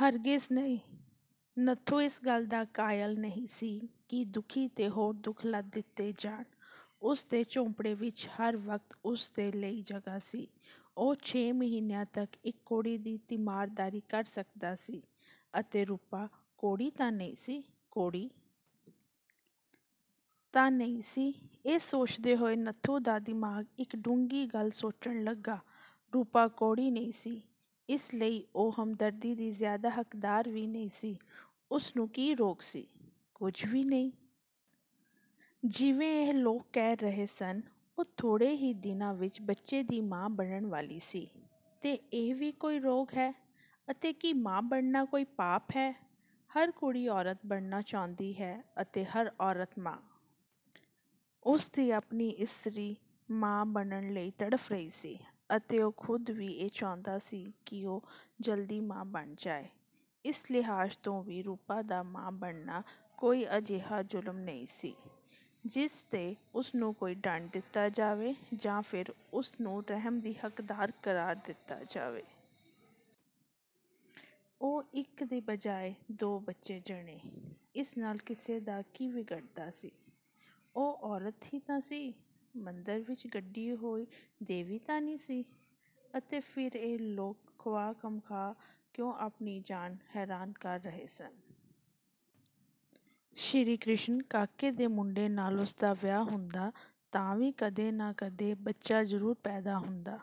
ਹਰਗਿਜ਼ ਨਹੀਂ, ਨੱਥੂ ਇਸ ਗੱਲ ਦਾ ਕਾਇਲ ਨਹੀਂ ਸੀ ਕਿ ਦੁਖੀ 'ਤੇ ਹੋਰ ਦੁੱਖ ਲੱਦ ਦਿੱਤੇ ਜਾਣ। ਉਸਦੇ ਝੋਂਪੜੇ ਵਿੱਚ ਹਰ ਵਕਤ ਉਸਦੇ ਲਈ ਜਗ੍ਹਾ ਸੀ। ਉਹ ਛੇ ਮਹੀਨੇ ਤੱਕ ਇੱਕ ਕੋੜ੍ਹੀ ਦੀ ਤੀਮਾਰਦਾਰੀ ਕਰ ਸਕਦਾ ਸੀ ਅਤੇ ਰੂਪਾ ਕੋੜ੍ਹੀ ਤਾਂ ਨਹੀਂ ਸੀ। ਕੋੜ੍ਹੀ ਤਾਂ ਨਹੀਂ ਸੀ, ਇਹ ਸੋਚਦੇ ਹੋਏ ਨੱਥੂ ਦਾ ਦਿਮਾਗ਼ ਇੱਕ ਡੂੰਘੀ ਗੱਲ ਸੋਚਣ ਲੱਗਾ। ਰੂਪਾ ਕੋੜ੍ਹੀ ਨਹੀਂ ਸੀ, ਇਸ ਲਈ ਉਹ ਹਮਦਰਦੀ ਦੀ ਜ਼ਿਆਦਾ ਹੱਕਦਾਰ ਵੀ ਨਹੀਂ ਸੀ। ਉਸਨੂੰ ਕੀ ਰੋਗ ਸੀ? ਕੁੱਝ ਵੀ ਨਹੀਂ। ਜਿਵੇਂ ਇਹ ਲੋਕ ਕਹਿ ਰਹੇ ਸਨ, ਉਹ ਥੋੜ੍ਹੇ ਹੀ ਦਿਨਾਂ ਵਿੱਚ ਬੱਚੇ ਦੀ ਮਾਂ ਬਣਨ ਵਾਲੀ ਸੀ, ਤੇ ਇਹ ਵੀ ਕੋਈ ਰੋਗ ਹੈ। ਅਤੇ ਕੀ ਮਾਂ ਬਣਨਾ ਕੋਈ ਪਾਪ ਹੈ? ਹਰ ਕੁੜੀ ਔਰਤ ਬਣਨਾ ਚਾਹੁੰਦੀ ਹੈ ਅਤੇ ਹਰ ਔਰਤ ਮਾਂ। ਉਸਦੀ ਆਪਣੀ ਇਸਤਰੀ ਮਾਂ ਬਣਨ ਲਈ ਤੜਫ਼ ਰਹੀ ਸੀ ਅਤੇ ਉਹ ਖ਼ੁਦ ਵੀ ਇਹ ਚਾਹੁੰਦਾ ਸੀ ਕਿ ਉਹ ਜਲਦੀ ਮਾਂ ਬਣ ਜਾਵੇ। ਇਸ ਲਿਹਾਜ਼ ਤੋਂ ਵੀ ਰੂਪਾ ਦਾ ਮਾਂ ਬਣਨਾ ਕੋਈ ਅਜਿਹਾ ਜੁਰਮ ਨਹੀਂ ਸੀ ਜਿਸ 'ਤੇ ਉਸਨੂੰ ਕੋਈ ਦੰਡ ਦਿੱਤਾ ਜਾਵੇ ਜਾਂ ਫਿਰ ਉਸਨੂੰ ਰਹਿਮ ਦੀ ਹੱਕਦਾਰ ਕਰਾਰ ਦਿੱਤਾ ਜਾਵੇ। ਉਹ ਇੱਕ ਦੇ ਬਜਾਏ ਦੋ ਬੱਚੇ ਜਣੇ। ਇਸ ਨਾਲ ਕਿਸੇ ਦਾ ਕੀ ਵਿਗੜਦਾ ਸੀ। ਉਹ ਔਰਤ ਹੀ ਤਾਂ ਸੀ। ਮੰਦਰ ਵਿੱਚ ਗੱਡੀ ਹੋਈ ਦੇਵੀ ਤਾਂ ਸੀ ਨਹੀਂ। ਅਤੇ ਫਿਰ ਇਹ ਲੋਕ ਖ਼ਵਾਹ-ਮਖ਼ਵਾਹ ਕਿਉਂ ਆਪਣੀ ਜਾਨ ਹੈਰਾਨ ਕਰ ਰਹੇ ਸਨ। ਸ੍ਰੀ ਕਿਸ਼ਨ ਕਾਕੇ ਦੇ ਮੁੰਡੇ ਨਾਲ਼ ਉਸਦਾ ਵਿਆਹ ਹੁੰਦਾ ਤਾਂ ਵੀ ਕਦੇ ਨਾ ਕਦੇ ਬੱਚਾ ਜ਼ਰੂਰ ਪੈਦਾ ਹੁੰਦਾ।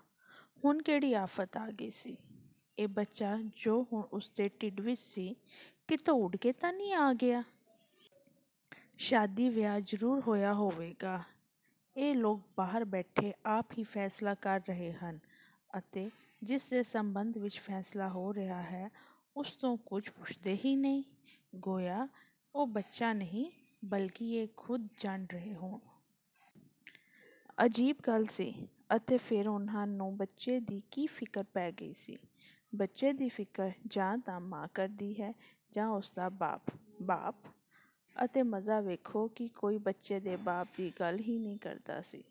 ਹੁਣ ਕਿਹੜੀ ਆਫ਼ਤ ਆ ਗਈ ਸੀ। ਇਹ ਬੱਚਾ ਜੋ ਹੁਣ ਉਸਦੇ ਢਿੱਡ ਵਿੱਚ ਸੀ, ਕਿਤੋਂ ਉੱਡ ਕੇ ਤਾਂ ਨਹੀਂ ਆ ਗਿਆ। ਸ਼ਾਦੀ-ਵਿਆਹ ਜ਼ਰੂਰ ਹੋਇਆ ਹੋਵੇਗਾ। ਇਹ ਲੋਕ ਬਾਹਰ ਬੈਠੇ ਆਪ ਹੀ ਫ਼ੈਸਲਾ ਕਰ ਰਹੇ ਹਨ ਅਤੇ ਜਿਸਦੇ ਸਬੰਧ ਵਿੱਚ ਫ਼ੈਸਲਾ ਹੋ ਰਿਹਾ ਹੈ, ਉਸਤੋਂ ਕੁੱਝ ਪੁੱਛਦੇ ਹੀ ਨਹੀਂ। ਗੋਇਆ ਉਹ ਬੱਚਾ ਨਹੀਂ, ਬਲਕਿ ਇਹ ਖ਼ੁਦ ਜਣ ਰਹੇ ਹੋਣ। ਅਜੀਬ ਗੱਲ ਸੀ। ਅਤੇ ਫਿਰ ਉਨ੍ਹਾਂ ਨੂੰ ਬੱਚੇ ਦੀ ਕੀ ਫ਼ਿਕਰ ਪੈ ਗਈ ਸੀ। ਬੱਚੇ ਦੀ ਫ਼ਿਕਰ ਜਾਂ ਤਾਂ ਮਾਂ ਕਰਦੀ ਹੈ ਜਾਂ ਉਸਦਾ ਬਾਪ- ਬਾਪ? ਅਤੇ ਮਜ਼ਾ ਵੇਖੋ ਕਿ ਕੋਈ ਬੱਚੇ ਦੇ ਬਾਪ ਦੀ ਗੱਲ ਹੀ ਨਹੀਂ ਕਰਦਾ ਸੀ।